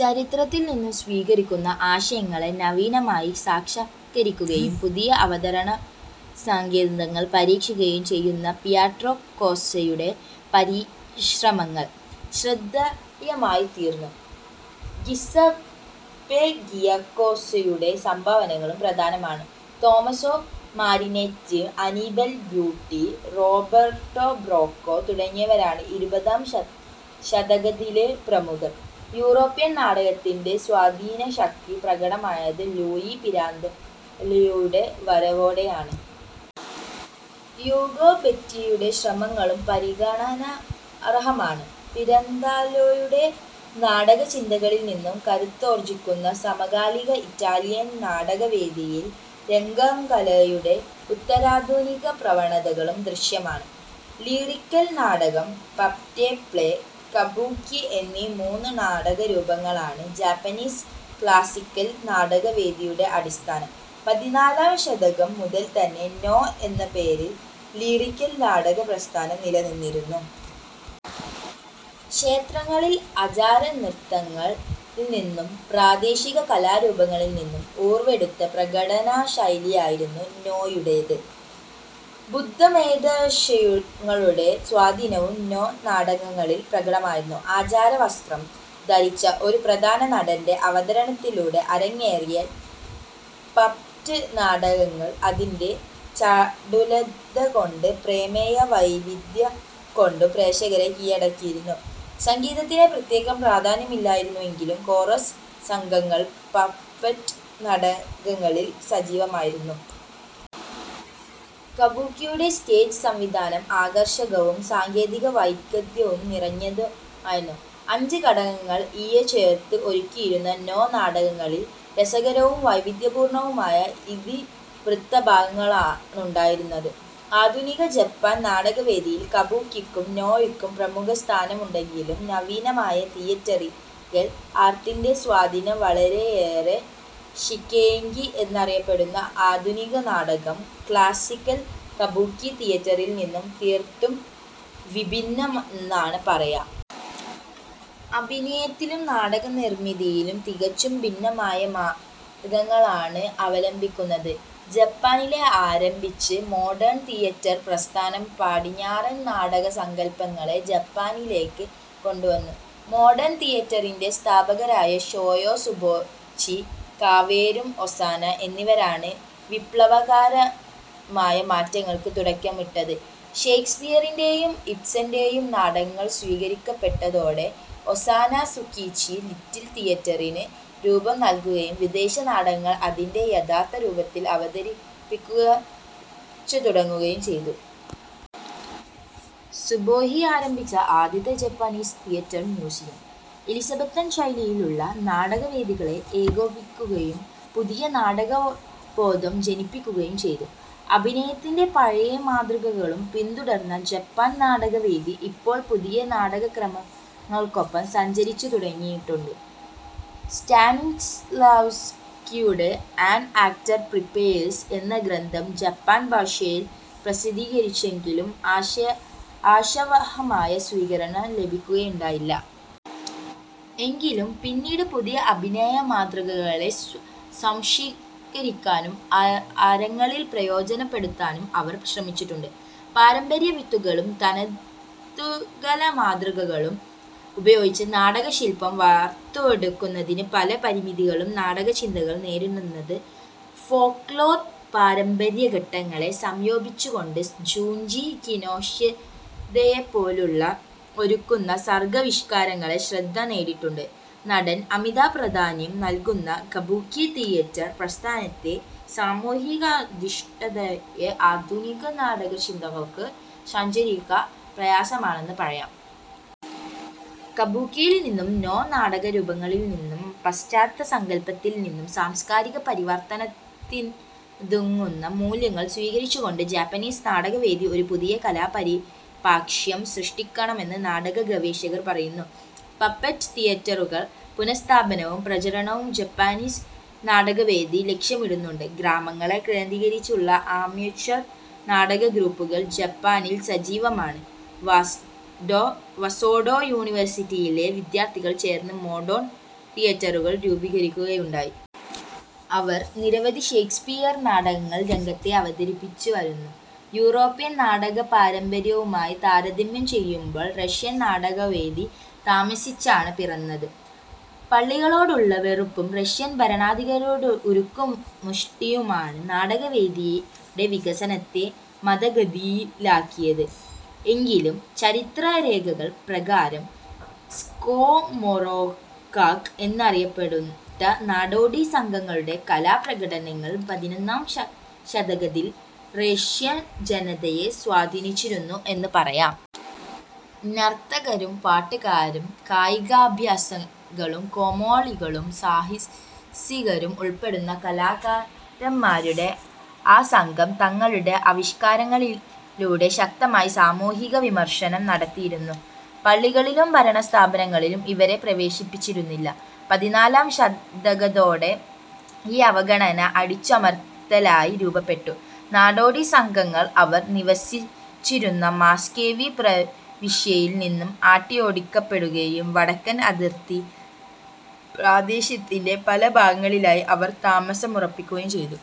ചരിത്രത്തിൽനിന്ന് സ്വീകരിക്കുന്ന ആശയങ്ങളെ നവീനമായി സാക്ഷാത്കരിക്കുകയും പുതിയ അവതരണ സങ്കേതങ്ങൾ പരീക്ഷിക്കുകയും ചെയ്യുന്ന പിയട്രോ കോസ്സയുടെ പരിശ്രമങ്ങൾ, ശ്രദ്ധേയമായിത്തീർന്നു. ഗിസപ്പെ ഗിയക്കോസയുടെ സംഭാവനകളും പ്രധാനമാണ്. Tommaso Marinetti, Annibale Butti, Roberto Bracco തുടങ്ങിയവരാണ് ഇരുപതാം ശതകത്തിലെ പ്രമുഖർ. യൂറോപ്യൻ നാടകത്തിൻ്റെ സ്വാധീനശക്തി പ്രകടമായത് ലൂയി പിരാന്തലോയുടെ വരവോടെയാണ്. യൂഗോ ബെറ്റിയുടെ ശ്രമങ്ങളും പരിഗണനാർഹമാണ്. പിരാന്തലോയുടെ നാടകചിന്തകളിൽനിന്ന് കരുത്താർജിക്കുന്ന സമകാലിക ഇറ്റാലിയൻ നാടകവേദിയിൽ, രംഗകലയുടെ ഉത്തരാധുനികപ്രവണതകളും ദൃശ്യമാണ്. ലിറിക്കൽ നാടകം, പപ്പറ്റ് പ്ലേ, കബുക്കി എന്നീ മൂന്ന് നാടകരൂപങ്ങളാണ് ജാപ്പനീസ് ക്ലാസ്സിക്കൽ നാടകവേദിയുടെ അടിസ്ഥാനം. പതിനാലാം ശതകം മുതൽതന്നെ 'നോ' എന്ന പേരിൽ ലിറിക്കൽ നാടകപ്രസ്ഥാനം നിലനിന്നിരുന്നു. ക്ഷേത്രങ്ങളിൽ ആചാരനൃത്തങ്ങളിൽനിന്നും പ്രാദേശിക കലാരൂപങ്ങളിൽനിന്നും ഉറവെടുത്ത പ്രകടനശൈലിയായിരുന്നു 'നോ'യുടേത്. ബുദ്ധമതാശയങ്ങളുടെ സ്വാധീനവും 'നോ' നാടകങ്ങളിൽ പ്രകടമായിരുന്നു. ആചാരവസ്ത്രം ധരിച്ച ഒരു പ്രധാന നടൻ്റെ അവതരണത്തിലൂടെ അരങ്ങേറിയിരുന്ന പപ്പറ്റ് നാടകങ്ങൾ അതിൻ്റെ ചടുലതകൊണ്ടും പ്രമേയവൈവിധ്യം കൊണ്ടും പ്രേക്ഷകരെ കീഴടക്കിയിരുന്നു. സംഗീതത്തിന് പ്രത്യേക പ്രാധാന്യമില്ലായിരുന്നുവെങ്കിലും കോറസ് സംഘങ്ങൾ പപ്പറ്റ് നാടകങ്ങളിൽ സജീവമായിരുന്നു. 'കബുക്കി'യുടെ സ്റ്റേജ് സംവിധാനം ആകർഷകവും സാങ്കേതികവൈദഗ്ദ്ധ്യം നിറഞ്ഞതുമായിരുന്നു. അഞ്ച് ഘടകങ്ങൾ ഇഴചേർത്ത് ഒരുക്കിയിരുന്ന 'നോ' നാടകങ്ങളിൽ രസകരവും വൈവിധ്യപൂർണവുമായ ഇതിവൃത്തഭാഗങ്ങളാണുണ്ടായിരുന്നത്. ആധുനിക ജപ്പാൻ നാടകവേദിയിൽ 'കബുക്കി'ക്കും 'നോ'യ്ക്കും പ്രമുഖസ്ഥാനമുണ്ടെങ്കിലും നവീനമായ തിയെറ്ററിക്കൽ ആർട്ടിൻ്റെ സ്വാധീനം വളരെയേറെയാണ്. 'ഷിങ്കെകി' എന്നറിയപ്പെടുന്ന ആധുനിക നാടകം, ക്ളാസ്സിക്കൽ കബുക്കി തിയേറ്ററിൽനിന്ന് തീർത്തും വിഭിന്നമാണെന്ന് പറയാം. അഭിനയത്തിലും നാടകനിർമിതിയിലും തികച്ചും ഭിന്നമായ മാർഗങ്ങളാണ് അവലംബിക്കുന്നത്. ജപ്പാനിൽ ആരംഭിച്ച മോഡേൺ തിയേറ്റർ പ്രസ്ഥാനം, പടിഞ്ഞാറൻ നാടകസങ്കല്പങ്ങളെ ജപ്പാനിലേക്ക് കൊണ്ടുവന്നു. മോഡേൺ തിയേറ്ററിൻ്റെ സ്ഥാപകരായ ഷോയോ സുബോച്ചി, കവോരു ഒസാന എന്നിവരാണ് വിപ്ളവകരമായ മാറ്റങ്ങൾക്ക് തുടക്കമിട്ടത്. ഷെയ്ക്സ്പിയറിൻ്റെയും ഇബ്സൻ്റെയും നാടകങ്ങൾ സ്വീകരിക്കപ്പെട്ടതോടെ, ഒസാന 'സുക്കിജി ലിറ്റിൽ തിയേറ്ററി'ന് രൂപംനല്കുകയും വിദേശ നാടകങ്ങൾ അതിൻ്റെ യഥാർഥരൂപത്തിൽ അവതരിപ്പിച്ചുതുടങ്ങുകയും ചെയ്തു. സുബോഹി ആരംഭിച്ച ആദ്യത്തെ ജാപ്പനീസ് തിയേറ്റർ മ്യൂസിയം, എലിസബത്തൻ ശൈലിയിലുള്ള നാടകവേദികളെ ഏകോപിപ്പിക്കുകയും പുതിയ നാടകാവബോധം ജനിപ്പിക്കുകയും ചെയ്തു. അഭിനയത്തിൻ്റെ പഴയ മാതൃകകളെ പിന്തുടർന്ന ജപ്പാൻ നാടകവേദി ഇപ്പോൾ പുതിയ നാട്യക്രമങ്ങൾക്കൊപ്പം സഞ്ചരിച്ചുതുടങ്ങിയിട്ടുണ്ട്. സ്റ്റാനിസ്ളാവ്സ്കിയുടെ ആൻ ആക്ടർ പ്രിപ്പയേഴ്സ് എന്ന ഗ്രന്ഥം ജപ്പാൻഭാഷയിൽ പ്രസിദ്ധീകരിച്ചെങ്കിലും ആശയആശാവഹമായ സ്വീകരണം ലഭിക്കുകയുണ്ടായില്ല. എങ്കിലും പിന്നീട് പുതിയ അഭിനയമാതൃകകളെ സ്വാംശീകരിക്കാനും അരങ്ങിൽ പ്രയോജനപ്പെടുത്താനും അവർ ശ്രമിച്ചിട്ടുണ്ട്. പാരമ്പര്യവിത്തുകളും തനതുകലാമാതൃകകളും ഉപയോഗിച്ച് നാടകശില്പം വാർത്തെടുക്കുന്നതിന് പല പരിമിതികളും നാടകചിന്തകർ നേരിടുന്നുണ്ട്. ഫോക്ലോർ പാരമ്പര്യഘടകങ്ങളെ സംയോജിപ്പിച്ചുകൊണ്ട് ജുഞ്ചി കിനോഷിതയെപ്പോലുള്ളവർ ഒരുക്കുന്ന സർഗാവിഷ്കാരങ്ങൾ ശ്രദ്ധ നേടിയിട്ടുണ്ട്. നടന് അമിതപ്രാധാന്യം നല്കുന്ന 'കബുക്കി' തിയേറ്റർ പ്രസ്ഥാനത്തിന് സാമൂഹികാധിഷ്ഠിതമായ ആധുനിക നാടകചിന്തകൾക്കൊപ്പം സഞ്ചരിക്കുക പ്രയാസമാണെന്ന് പറയാം. 'കബുക്കി'യിൽനിന്നും 'നോ' നാടകരൂപങ്ങളിൽനിന്നും പാശ്ചാത്യ സങ്കല്പത്തിൽനിന്നും സാംസ്കാരിക പരിവർത്തനത്തിനുതകുന്ന മൂല്യങ്ങൾ സ്വീകരിച്ചുകൊണ്ട് ജാപ്പനീസ് നാടകവേദി ഒരു പുതിയ കലാപരിപ്രേക്ഷ്യം സൃഷ്ടിക്കണമെന്ന് നാടക ഗവേഷകർ പറയുന്നു. പപ്പറ്റ് തീയറ്ററുകളുടെ പുനഃസ്ഥാപനവും പ്രചരണവും ജാപ്പനീസ് നാടകവേദി ലക്ഷ്യമിടുന്നുണ്ട്. ഗ്രാമങ്ങളെ കേന്ദ്രീകരിച്ചുള്ള അമച്വർ നാടകഗ്രൂപ്പുകളും ജപ്പാനിൽ സജീവമാണ്. വസേഡാ യൂണിവേഴ്സിറ്റിയിലെ വിദ്യാർഥികൾ ചേർന്ന് മോഡേൺ തിയേറ്റർ രൂപീകരിക്കുകയുണ്ടായി. അവർ നിരവധി ഷെയ്ക്സ്പിയർ നാടകങ്ങൾ രംഗത്ത് അവതരിപ്പിച്ചുവരുന്നു. യൂറോപ്യൻ നാടകപാരമ്പര്യവുമായി താരതമ്യം ചെയ്യുമ്പോൾ, റഷ്യൻ നാടകവേദി താമസിച്ചാണ് പിറന്നത്. പള്ളികളോടുള്ള വെറുപ്പും റഷ്യൻ ഭരണാധികാരികളുടെ ഉരുക്കുമുഷ്ടിയുമാണ് നാടകവേദിയുടെ വികാസത്തെ മന്ദഗതിയിലാക്കിയത്. എങ്കിലും, ചരിത്രരേഖകൾ പ്രകാരം 'സ്കോമോറോഖാക്' എന്നറിയപ്പെട്ട നാടോടി സംഘങ്ങളുടെ കലാപ്രകടനങ്ങൾ പതിനൊന്നാം ശതകത്തിൽ റഷ്യൻജനതയെ സ്വാധീനിച്ചിരുന്നു എന്നു പറയാം. നർത്തകരും പാട്ടുകാരും കായികാഭ്യാസികളും കോമാളികളും സാഹസികരും ഉൾപ്പെടുന്ന കലാകാരന്മാരുടെ ആ സംഘം, തങ്ങളുടെ ആവിഷ്കാരങ്ങളിലൂടെ ശക്തമായ സാമൂഹികവിമർശനവും നടത്തിയിരുന്നു. പള്ളികളിലും ഭരണസ്ഥാപനങ്ങളിലും ഇവരെ പ്രവേശിപ്പിച്ചിരുന്നില്ല. പതിനാലാം ശതകത്തോടെ ഈ അവഗണന, അടിച്ചമർത്തലായി രൂപപ്പെട്ടു. നാടോടിസംഘങ്ങൾ അവർ നിവസിച്ചിരുന്ന മസ്കോവി പ്രവിശ്യയിൽ നിന്ന് ആട്ടിയോടിക്കപ്പെടുകയും, വടക്കൻ അതിർത്തി പ്രദേശത്തിൻ്റെ പല ഭാഗങ്ങളിലായി അവർ താമസമുറപ്പിക്കുകയും ചെയ്തു.